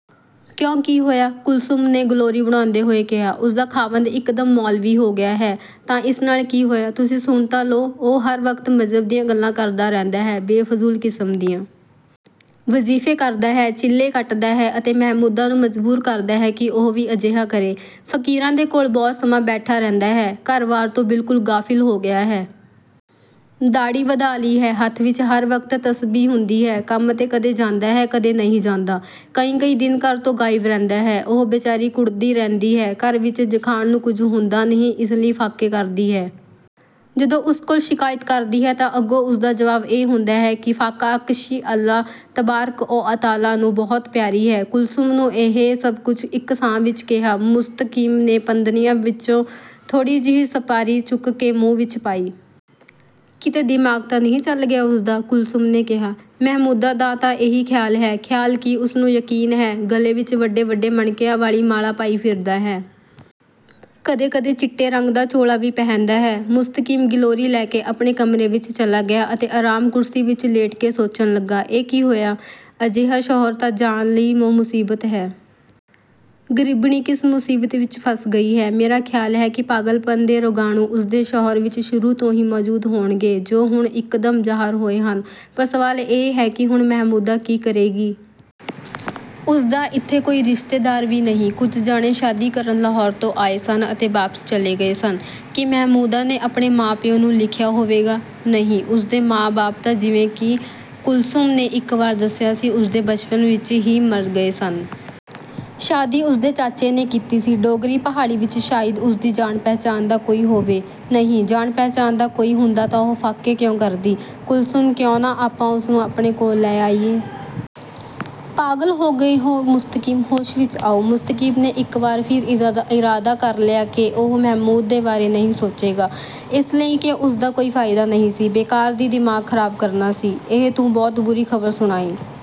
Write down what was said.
ਕਿਉਂ ਕੀ ਹੋਇਆ? ਕੁਲਸੁਮ ਨੇ ਗਿਲੋਰੀ ਬਣਾਉਂਦੇ ਹੋਏ ਕਿਹਾ। "ਉਸ ਦਾ ਖ਼ਾਵੰਦ ਇੱਕ ਦਮ ਮੌਲਵੀ ਹੋ ਗਿਆ ਹੈ। " "ਤਾਂ ਇਸ ਨਾਲ ਕੀ ਹੋਇਆ? " "ਤੁਸੀਂ ਸੁਣ ਤਾਂ ਲਉ, ਉਹ ਹਰ ਵਕਤ ਮਜ਼ਹਬ ਦੀਆਂ ਗੱਲਾਂ ਕਰਦਾ ਰਹਿੰਦਾ ਹੈ, ਬੇਫਜੂਲ ਕਿਸਮ ਦੀਆਂ। ਵਜ਼ੀਫ਼ੇ ਕਰਦਾ ਹੈ, ਚਿੱਲੇ ਕੱਟਦਾ ਹੈ ਅਤੇ ਮਹਿਮੂਦਾ ਨੂੰ ਮਜਬੂਰ ਕਰਦਾ ਹੈ ਕਿ ਉਹ ਵੀ ਅਜਿਹਾ ਕਰੇ। ਫ਼ਕੀਰਾਂ ਦੇ ਕੋਲ ਬਹੁਤ ਸਮਾਂ ਬੈਠਾ ਰਹਿੰਦਾ ਹੈ। ਘਰ ਵਾਰ ਤੋਂ ਬਿਲਕੁਲ ਗ਼ਾਫਿਲ ਹੋ ਗਿਆ ਹੈ। "ਦਾੜ੍ਹੀ ਵਧਾ ਲਈ ਹੈ। ਹੱਥ ਵਿੱਚ ਹਰ ਵਕਤ ਤਸਬੀਹ ਹੁੰਦੀ ਹੈ। ਕੰਮ ਤੇ ਕਦੇ ਜਾਂਦਾ ਹੈ, ਕਦੇ ਨਹੀਂ ਜਾਂਦਾ। ਕਈ-ਕਈ ਦਿਨ ਘਰ ਤੋਂ ਗਾਇਬ ਰਹਿੰਦਾ ਹੈ। ਉਹ ਬੇਚਾਰੀ ਕੁੜ੍ਹਦੀ ਰਹਿੰਦੀ ਹੈ। ਘਰ ਵਿੱਚ ਖਾਣ ਨੂੰ ਕੁੱਝ ਹੁੰਦਾ ਨਹੀਂ, ਇਸ ਲਈ ਫ਼ਾਕੇ ਕਰਦੀ ਹੈ। ਜਦੋਂ ਉਸ ਕੋਲ ਸ਼ਿਕਾਇਤ ਕਰਦੀ ਹੈ ਤਾਂ ਅੱਗੋਂ ਉਸਦਾ ਜਵਾਬ ਇਹ ਹੁੰਦਾ ਹੈ ਕਿ ਫ਼ਾਕਾਕਸ਼ੀ ਅੱਲ੍ਹਾ ਤਬਾਰਕ-ਓ-ਤਾਲਾ ਨੂੰ ਬਹੁਤ ਪਿਆਰੀ ਹੈ। "ਕੁਲਸੁਮ ਨੇ ਇਹ ਸਭ ਕੁੱਝ ਇੱਕ ਸਾਹ ਵਿੱਚ ਕਿਹਾ। ਮੁਸਤਕੀਮ ਨੇ ਪੰਦਨੀਆ ਵਿੱਚੋਂ ਥੋੜ੍ਹੀ ਜਹੀ ਸੁਪਾਰੀ ਚੁੱਕ ਕੇ ਮੂੰਹ ਵਿੱਚ ਪਾਈ। "ਕਿਤੇ ਦਿਮਾਗ਼ ਤਾਂ ਨਹੀਂ ਚੱਲ ਗਿਆ ਉਸ ਦਾ? " ਕੁਲਸੁਮ ਨੇ ਕਿਹਾ। "ਮਹਿਮੂਦਾ ਦਾ ਤਾਂ ਇਹੀ ਖ਼ਿਆਲ ਹੈ। ਖ਼ਿਆਲ ਕੀ, ਉਸ ਨੂੰ ਯਕੀਨ ਹੈ। ਗਲੇ ਵਿੱਚ ਵੱਡੇ-ਵੱਡੇ ਮਣਕਿਆਂ ਵਾਲੀ ਮਾਲਾ ਪਾਈ ਫਿਰਦਾ ਹੈ। ਕਦੇ-ਕਦੇ ਚਿੱਟੇ ਰੰਗ ਦਾ ਚੋਲਾ ਵੀ ਪਹਿਨਦਾ ਹੈ। "ਮੁਸਤਕੀਮ ਗਿਲੋਰੀ ਲੈ ਕੇ ਆਪਣੇ ਕਮਰੇ ਵਿੱਚ ਚਲਾ ਗਿਆ ਅਤੇ ਆਰਾਮ ਕੁਰਸੀ ਵਿੱਚ ਲੇਟ ਕੇ ਸੋਚਣ ਲਗਾ। "ਇਹ ਕੀ ਹੋਇਆ? ਅਜਿਹਾ ਸ਼ੌਹਰ ਤਾਂ ਜਾਨ ਲਈ ਮੁਸੀਬਤ ਹੈ। ਗ਼ਰੀਬਣੀ ਕਿਸ ਮੁਸੀਬਤ ਵਿੱਚ ਫਸ ਗਈ ਹੈ। ਮੇਰਾ ਖ਼ਿਆਲ ਹੈ ਕਿ ਪਾਗਲਪਨ ਦੇ ਰੋਗਾਣੂ ਉਸ ਦੇ ਸ਼ੌਹਰ ਵਿੱਚ ਸ਼ੁਰੂ ਤੋਂ ਹੀ ਮੌਜੂਦ ਹੋਣਗੇ ਜੋ ਹੁਣ ਇੱਕ ਦਮ ਜ਼ਾਹਰ ਹੋਏ ਹਨ। ਪਰ ਸਵਾਲ ਇਹ ਹੈ ਕਿ ਹੁਣ ਮਹਿਮੂਦਾ ਕੀ ਕਰੇਗੀ। ਉਸ ਦਾ ਇੱਥੇ ਕੋਈ ਰਿਸ਼ਤੇਦਾਰ ਵੀ ਨਹੀਂ। ਕੁੱਝ ਜਾਣੇ ਸ਼ਾਦੀ ਕਰਨ ਲਾਹੌਰ ਤੋਂ ਆਏ ਸਨ ਅਤੇ ਵਾਪਸ ਚਲੇ ਗਏ ਸਨ। ਕੀ ਮਹਿਮੂਦਾ ਨੇ ਆਪਣੇ ਮਾਂ-ਪਿਉ ਨੂੰ ਲਿਖਿਆ ਹੋਵੇਗਾ? ਨਹੀਂ, ਉਸ ਦੇ ਮਾਂ ਬਾਪ ਤਾਂ ਜਿਵੇਂ ਕਿਿ ਕੁਲਸੁਮ ਨੇ ਇੱਕ ਵਾਰ ਦਸਿਆ ਸੀ ਉਸ ਦੇ ਬਚਪਨ ਹੀ ਵਿੱਚ ਮਰ ਗਏ ਸਨ। ਸ਼ਾਦੀ ਉਸ ਦੇ ਚਾਚੇ ਨੇ ਕੀਤੀ ਸੀ। ਡੋਂਗਰੀ ਪਹਾੜੀ ਵਿੱਚ ਸ਼ਾਇਦ ਉਸ ਦੀ ਜਾਣ ਪਹਿਚਾਣ ਦਾ ਕੋਈ ਹੋਵੇ। ਨਹੀਂ, ਜਾਣ ਪਹਿਚਾਣ ਦਾ ਕੋਈ ਹੁੰਦਾ ਤਾਂ ਉਹ ਫ਼ਾਕੇ ਕਿਉਂ ਕਰਦੀ? ਕੁਲਸੁਮ ਕਿਉਂ ਨਾ ਆਪਾ ਉਸਨੂੰ ਆਪਣੇ ਕੋਲ ਲੈ ਆਇਏ। ਪਾਗਲ ਹੋ ਗਏ ਹੋ ਮੁਸਤਕੀਮ? ਹੋਸ਼ ਵਿੱਚ ਆਓ। " ਮੁਸਤਕੀਮ ਨੇ ਇੱਕ ਵਾਰ ਫਿਰ ਇਰਾਦਾ ਕਰ ਲਿਆ ਕਿ ਉਹ ਮਹਿਮੂਦਾ ਦੇ ਬਾਰੇ ਨਹੀਂ ਸੋਚੇਗਾ, ਇਸ ਲਈ ਕਿ ਉਸ ਦਾ ਕੋਈ ਫ਼ਾਇਦਾ ਨਹੀਂ ਸੀ, ਬੇਕਾਰ ਦੀ ਦਿਮਾਗ ਖਰਾਬ ਕਰਨਾ ਸੀ। "ਇਹ ਤੂੰ ਬਹੁਤ ਬੁਰੀ ਖ਼ਬਰ ਸੁਣਾਈ।